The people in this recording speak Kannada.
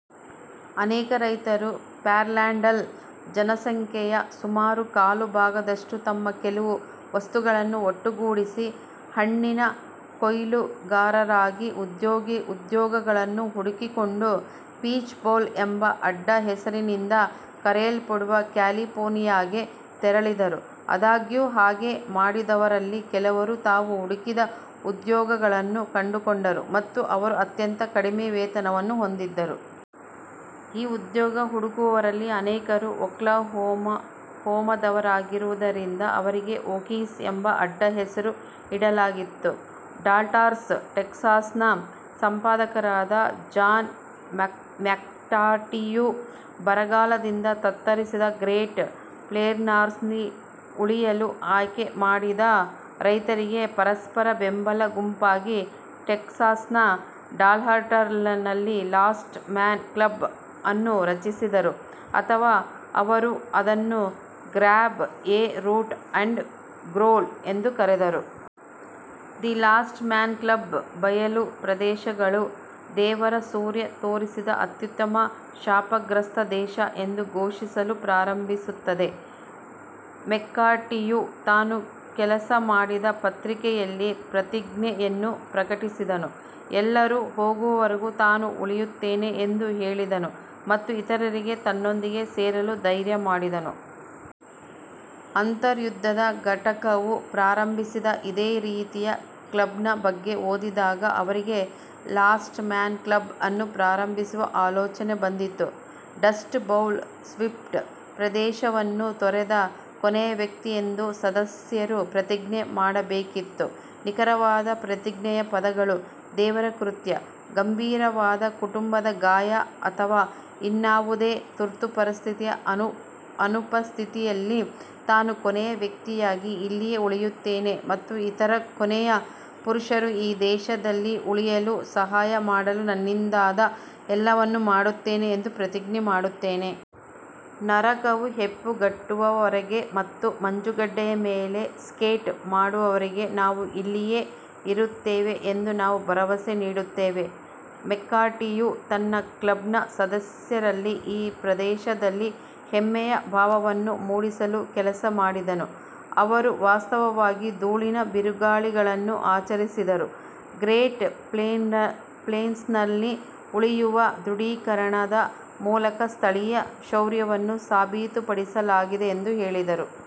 ಅನೇಕ ರೈತರು, ಪ್ಯಾನ್ಹ್ಯಾಂಡಲ್ ಜನಸಂಖ್ಯೆಯ ಸುಮಾರು ಕಾಲು ಭಾಗದಷ್ಟು, ತಮ್ಮ ಕೆಲವು ವಸ್ತುಗಳನ್ನು ಒಟ್ಟುಗೂಡಿಸಿ, ಹಣ್ಣಿನ ಕೊಯ್ಲುಗಾರರಾಗಿ ಉದ್ಯೋಗಗಳನ್ನು ಹುಡುಕಿಕೊಂಡು "ಪೀಚ್ ಬೌಲ್" ಎಂಬ ಅಡ್ಡಹೆಸರಿನಿಂದ ಕರೆಯಲ್ಪಡುವ ಕ್ಯಾಲಿಫೋರ್ನಿಯಾಗೆ ತೆರಳಿದರು. ಆದಾಗ್ಯೂ, ಹಾಗೆ ಮಾಡಿದವರಲ್ಲಿ, ಕೆಲವರು ತಾವು ಹುಡುಕಿದ ಉದ್ಯೋಗಗಳನ್ನು ಕಂಡುಕೊಂಡರು, ಮತ್ತು ಅವರು ಅತ್ಯಂತ ಕಡಿಮೆ ವೇತನವನ್ನು ಹೊಂದಿದ್ದರು. ಈ ಉದ್ಯೋಗ ಹುಡುಕುವವರಲ್ಲಿ ಅನೇಕರು ಒಕ್ಲಹೋಮಾದವರಾಗಿರುವುದರಿಂದ ಅವರಿಗೆ "ಓಕೀಸ್" ಎಂಬ ಅಡ್ಡಹೆಸರು ಇಡಲಾಗಿತ್ತು. ಡಾಲ್ಹಾರ್ಟ್ ಟೆಕ್ಸಾನ್ನ ಸಂಪಾದಕರಾದ ಜಾನ್ ಮ್ಯಾಕ್ಕಾರ್ಟಿಯು, ಬರಗಾಲದಿಂದ ತತ್ತರಿಸಿದ ಗ್ರೇಟ್ ಪ್ಲೇನ್ಸ್ನಲ್ಲಿ ಉಳಿಯಲು ಆಯ್ಕೆ ಮಾಡಿದ ರೈತರಿಗೆ ಪರಸ್ಪರ ಬೆಂಬಲ ಗುಂಪಾಗಿ ಟೆಕ್ಸಾಸ್ನ ಡಾಲ್ಹಾರ್ಟ್ನಲ್ಲಿ ಲಾಸ್ಟ್ ಮ್ಯಾನ್ ಕ್ಲಬ್ ಅನ್ನು ರಚಿಸಿದರು ಅಥವಾ ಅವರು ಅದನ್ನು "grab a root and growl" ಎಂದು ಕರೆದರು. ದಿ ಲಾಸ್ಟ್ ಮ್ಯಾನ್ ಕ್ಲಬ್ ಬಯಲು ಪ್ರದೇಶಗಳು "ದೇವರ ಸೂರ್ಯ ತೋರಿಸಿದ ಅತ್ಯುತ್ತಮ ಶಾಪಗ್ರಸ್ತ ದೇಶ" ಎಂದು ಘೋಷಿಸಲು ಪ್ರಾರಂಭಿಸುತ್ತದೆ, ಮೆಕ್ಕಾರ್ಟಿಯು ತಾನು ಕೆಲಸ ಮಾಡಿದ ಪತ್ರಿಕೆಯಲ್ಲಿ ಪ್ರತಿಜ್ಞೆಯನ್ನು ಪ್ರಕಟಿಸಿದನು, ಎಲ್ಲರೂ ಹೋಗುವವರೆಗೂ ತಾನು ಉಳಿಯುತ್ತೇನೆ ಎಂದು ಹೇಳಿದನು ಮತ್ತು ಇತರರಿಗೆ ತನ್ನೊಂದಿಗೆ ಸೇರಲು ಧೈರ್ಯ ಮಾಡಿದನು. ಅಂತರ್ಯುದ್ಧದ ಘಟಕವು ಪ್ರಾರಂಭಿಸಿದ ಇದೇ ರೀತಿಯ ಕ್ಲಬ್ನ ಬಗ್ಗೆ ಓದಿದಾಗ ಅವರಿಗೆ ಲಾಸ್ಟ್ ಮ್ಯಾನ್ ಕ್ಲಬ್ ಅನ್ನು ಪ್ರಾರಂಭಿಸುವ ಆಲೋಚನೆ ಬಂದಿತು. ಡಸ್ಟ್-ಬೌಲ್-ಸ್ವೆಪ್ಟ್ ಪ್ರದೇಶವನ್ನು ತೊರೆದ ಕೊನೆಯ ವ್ಯಕ್ತಿ ಎಂದು ಸದಸ್ಯರು ಪ್ರತಿಜ್ಞೆ ಮಾಡಬೇಕಾಗಿತ್ತು. ನಿಖರವಾದ ಪ್ರತಿಜ್ಞೆಯ ಪದಗಳು "ದೇವರ ಕೃತ್ಯ, ಗಂಭೀರವಾದ ಕುಟುಂಬದ ಗಾಯ ಅಥವಾ ಇನ್ನಾವುದೇ ತುರ್ತು ಪರಿಸ್ಥಿತಿಯ ಅನುಪಸ್ಥಿತಿಯಲ್ಲಿ, ನಾನು ಕೊನೆಯ ವ್ಯಕ್ತಿಯಾಗಿ ಇಲ್ಲಿಯೇ ಉಳಿಯುತ್ತೇನೆ ಮತ್ತು ಇತರ ಕೊನೆಯ ಪುರುಷರು ಈ ದೇಶದಲ್ಲಿ ಉಳಿಯಲು ಸಹಾಯ ಮಾಡಲು ನನ್ನಿಂದಾದ ಎಲ್ಲವನ್ನೂ ಮಾಡುತ್ತೇನೆ ಎಂದು ಪ್ರತಿಜ್ಞೆ ಮಾಡುತ್ತೇನೆ. ನರಕವು ಹೆಪ್ಪುಗಟ್ಟುವವರೆಗೆ ಮತ್ತು ಮಂಜುಗಡ್ಡೆಯ ಮೇಲೆ ಸ್ಕೇಟ್ ಮಾಡುವವರೆಗೆ ನಾವು ಇಲ್ಲಿಯೇ ಇರುತ್ತೇವೆ ಎಂದು ನಾವು ಭರವಸೆ ನೀಡುತ್ತೇವೆ. ಮೆಕ್ಕಾರ್ಟಿಯು ತನ್ನ ಕ್ಲಬ್ನ ಸದಸ್ಯರಲ್ಲಿ ಈ ಪ್ರದೇಶದಲ್ಲಿ ಹೆಮ್ಮೆಯ ಭಾವವನ್ನು ಮೂಡಿಸಲು ಕೆಲಸ ಮಾಡಿದನು. ಅವರು ವಾಸ್ತವವಾಗಿ ಧೂಳಿನ ಬಿರುಗಾಳಿಗಳನ್ನು ಆಚರಿಸಿದರು, ಗ್ರೇಟ್ ಪ್ಲೇನ್ಸ್ನಲ್ಲಿ ಉಳಿಯುವ ದೃಢೀಕರಣದ ಮೂಲಕ ಸ್ಥಳೀಯರ ಶೌರ್ಯವನ್ನು ಸಾಬೀತುಪಡಿಸಲಾಗಿದೆ ಎಂದು ಹೇಳಿದರು.